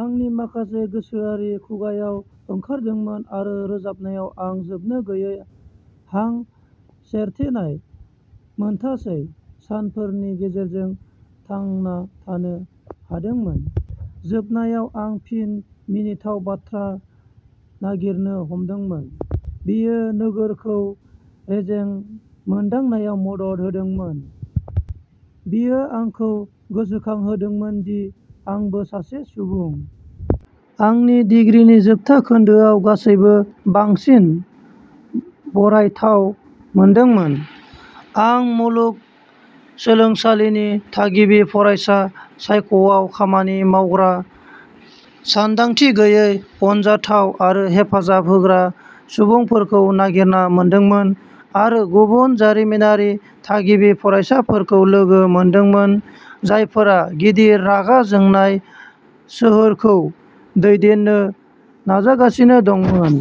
आंनि माखासे गोसोआरि खुवाया ओंखारदोंमोन, आरो जोबनायाव आं जोबनो गैयै हां सरथेनाय मोनथासै सानफोरनि गेजेरजों थांना थानो हादोंमोन। जोबनायाव आं फिन मिनिथाव बाथ्रा नागिरनो हमदोंमोन। बेयो नोगोरखौ रेजें मोनदांनायाव मदद होदोंमोन। बेयो आंखौ गोसोखांहोदोंमोन दि आंबो सासे सुबुं। आंनि दिग्रिनि जोबथा खोन्दोआव, गासैबो बांसिन बरायथाव मोनदोंमोन। आं मुलुग सोलोंसालिनि थागिबि फरायसा सायख'आव खामानि मावग्रा सानदांथि गैयै अनजाथाव आरो हेफाजाब होग्रा सुबुंफोरखौ नागिरना मोनदोंमोन, आरो गुबुन जामियारि थागिबि फरायसाफोरखौ लोगो मोनदोंमोन जायफोरा गिदिर रागा जोंनाय सोहोरखौ दैदेननो नाजागासिनो दंमोन।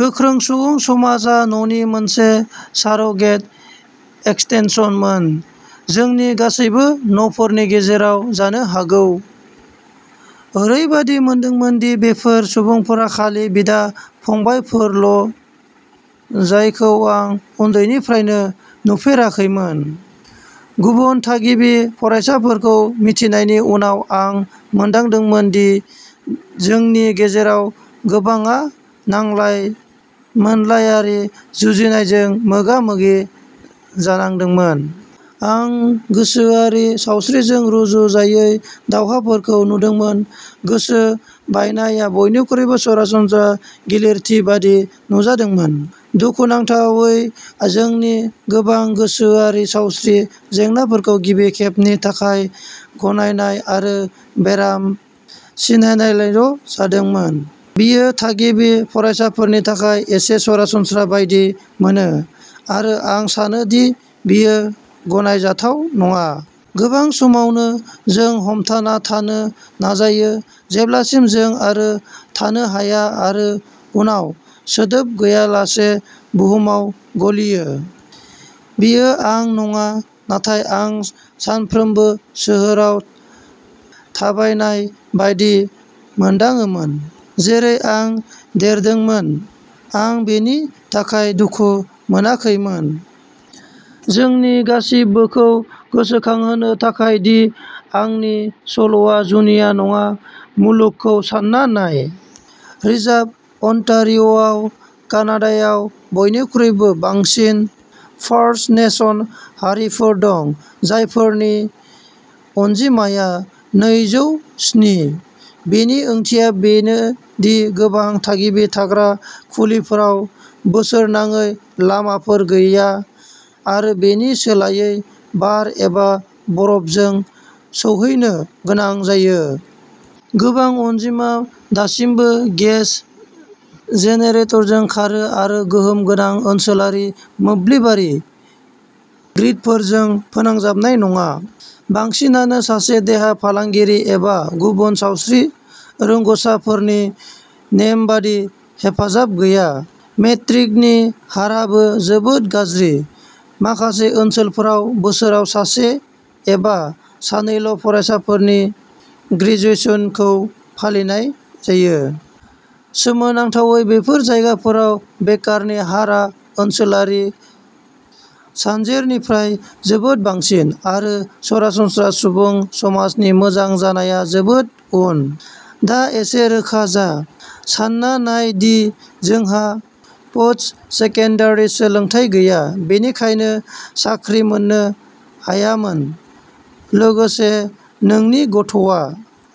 गोख्रों सुबुं समाजआ न'नि मोनसे सार'गेट एक्सटेनसनमोन, जोंनि गासैबो न'फोरनि गेजेराव जानो हागौ। ओरैबायदि मोनदोंमोन दि बेफोर सुबुंफोरा खालि बिदा फंबायफोरल' जायखौ आं उन्दैनिफ्रायनो नुफेराखैमोन। गुबुन थागिबि फरायसाफोरखौ मिथिनायनि उनाव, आं मोनदांदोंमोन दि जोंनि गेजेराव गोबांआ नांलाय मोनलायारि जुजिनायजों मोगा मोगि जानांदोंमोन। आं गोसोआरि सावस्रिजों रुजुजायै दावहाफोरखौ नुदोंमोन, गोसो बायनाया बयनिख्रुइबो सरासनस्रा गिलिरथि बायदि नुजादोंमोन। दुखुनांथावै, जोंनि गोबां गोसोआरि सावस्रि जेंनाफोरखौ गिबि खेबनि थाखाय गनायनाय आरो बेराम सिनायनायल'जादोंमोन। बेयो थागिबि फरायसाफोरनि थाखाय एसे सरासनस्रा बायदि मोनो, आरो आं सानो दि बेयो गनायजाथाव नङा। गोबां समावनो, जों हमथाना थानो नाजायो जेब्लासिम जों आरो थानो हाया आरो उनाव सोदोब गैयालासे बुहुमाव गलियो। बेयो आं नङा, नाथाय आं सानफ्रोमबो सोहोराव थाबायनाय बायदि मोनदाङोमोन। जेरै आं देरदोंमोन, आं बेनि थाखाय दुखु मोनाखैमोन। जोंनि गासिबोखौ गोसोखांहोनो थाखाय दि आंनि सल'आ जुनिया नङा, गुबुनखौ सान्ना नाय। रिजार्भ अन्टारिय'आ कानाडायाव बयनिख्रुइ बांसिन फार्स्ट नेशन्स हारिफोर दं, जायफोरनि अनजिमाया नैजौ स्नि। बेनि ओंथिया बेनो दि गोबां थागिबि थाग्रा खुलिफोराव बोसोरनाङै लामाफोर गैया, आरो बेनि सोलायै बार एबा बरफजों सौहैनो गोनां जायो। गोबां अनजिमाया दासिमबो गेस जेनेरेटरजों खारो आरो गोहोम गोनां ओनसोलारि मोब्लिबारि ग्रिडफोरजों फोनांजाबनाय नङा। बांसिनानो सासे देहा फाहामगिरि एबा गुबुन सावस्रि रोंग'साफोरनि नेमबादि हेफाजाब गैया। मेट्रिकनि हाराबो जोबोद गाज्रि, माखासे ओनसोलफोराव बोसोराव सासे एबा सानैल'फरायसाफोरनि ग्रेजुएशनखौ फालिनाय जायो। सोमोनांथावै, बेफोर जायगाफोराव बेकारनि हारआ ओनसोलारि सानजेरनिफ्राय जोबोद बांसिन, आरो सरासनस्रा सुबुं समाजनि मोजां जानाया जोबोद उन। दा एसे रोखा जा सानना नाय दि जोंहा पोस्ट सेकेन्डारि सोलोंथाय गैया, बेनिखायनो साख्रि मोननो हायामोन। लोगोसे, नोंनि गथ'आ।